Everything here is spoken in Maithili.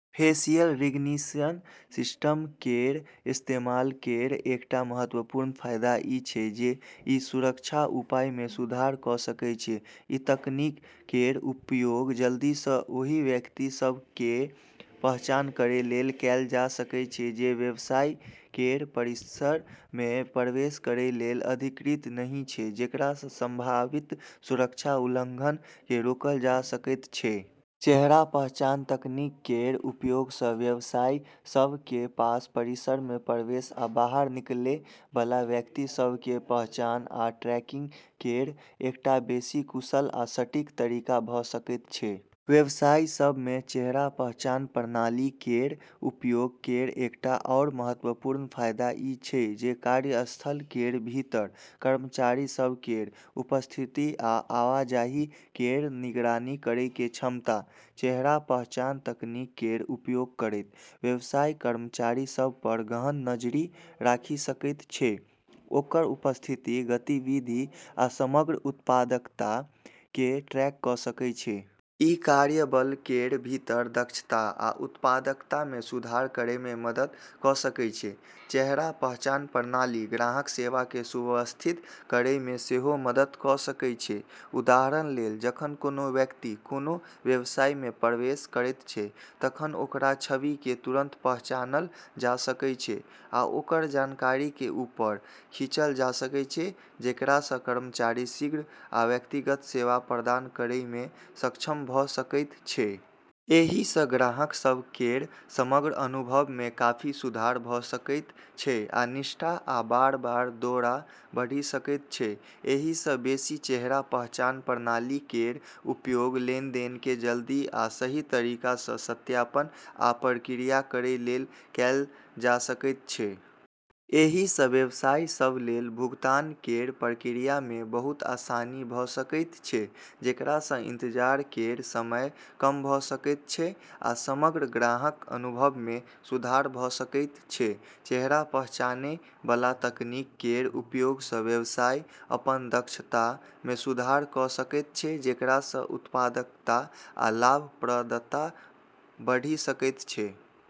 फेशियल रिकग्निशन सिस्टम केर इस्तेमाल केर एकटा महत्वपूर्ण फायदा ई छै जे ई सुरक्षा उपाय मे सुधार कऽ सकैत छै। ई तकनीक केर उपयोग जल्दी सँ ओहि व्यक्ति सभ केर पहचान करै लेल कएल जा सकैत छै जे व्यवसाय केर परिसर मे प्रवेश करै लेल अधिकृत नहि छै, जेकरा सँ संभावित सुरक्षा उल्लंघन केँ रोकल जा सकैत छै। चेहरा पहचान तकनीक केर उपयोग सँ व्यवसाय सभ केर पास परिसर मे प्रवेश आ बाहर निकलै बला व्यक्ति सभ केर पहचान आ ट्रैकिंग केर एकटा बेसी कुशल आ सटीक तरीका भऽ सकैत छै। व्यवसाय सभ मे चेहरा पहचान प्रणाली केर उपयोग केर एकटा आरू महत्वपूर्ण फायदा ई छै जे कार्यस्थल केर भीतर कर्मचारी सभ केर उपस्थिति आ आवाजाही केर निगरानी करै केर क्षमता। चेहरा पहचान तकनीक केर उपयोग करैत, व्यवसाय कर्मचारी सभ पर गहन नजरि राखि सकैत छै, ओकर उपस्थिति, गतिविधि आ समग्र उत्पादकता केँ ट्रैक कऽ सकैत छै। ई कार्यबल केर भीतर दक्षता आ उत्पादकता मे सुधार करै मे मदद कऽ सकैत छै। चेहरा पहचान प्रणाली ग्राहक सेवा केँ सुव्यवस्थित करै मे सेहो मदद कऽ सकैत छै। उदाहरण लेल, जखन कोनो व्यक्ति कोनो व्यवसाय मे प्रवेश करैत छै, तखन ओकर छवि केँ तुरंत पहचानल जा सकैत छै आ ओकर जानकारी केँ ऊपर खींचल जा सकैत छै, जेकरा सँ कर्मचारी शीघ्र आ व्यक्तिगत सेवा प्रदान करै मे सक्षम भऽ सकैत छै। एहि सँ ग्राहक सभ केर समग्र अनुभव मे काफी सुधार भऽ सकैत छै आ निष्ठा आ बार-बार दौरा बढ़ि सकैत छै। एहि सँ बेसी, चेहरा पहचान प्रणाली केर उपयोग लेनदेन केँ जल्दी आ सही तरीका सँ सत्यापन आ प्रक्रिया करै लेल कएल जा सकैत छै। एहि सँ व्यवसाय सभ लेल भुगतान केर प्रक्रिया मे बहुत आसानी भऽ सकैत छै, जेकरा सँ इंतजार केर समय कम भऽ सकैत छै आ समग्र ग्राहक अनुभव मे सुधार भऽ सकैत छै। चेहरा पहचानै बला तकनीक केर उपयोग सँ व्यवसाय अपन दक्षता मे सुधार कऽ सकैत छै, जेकरा सँ उत्पादकता आ लाभप्रदता बढ़ि सकैत छै।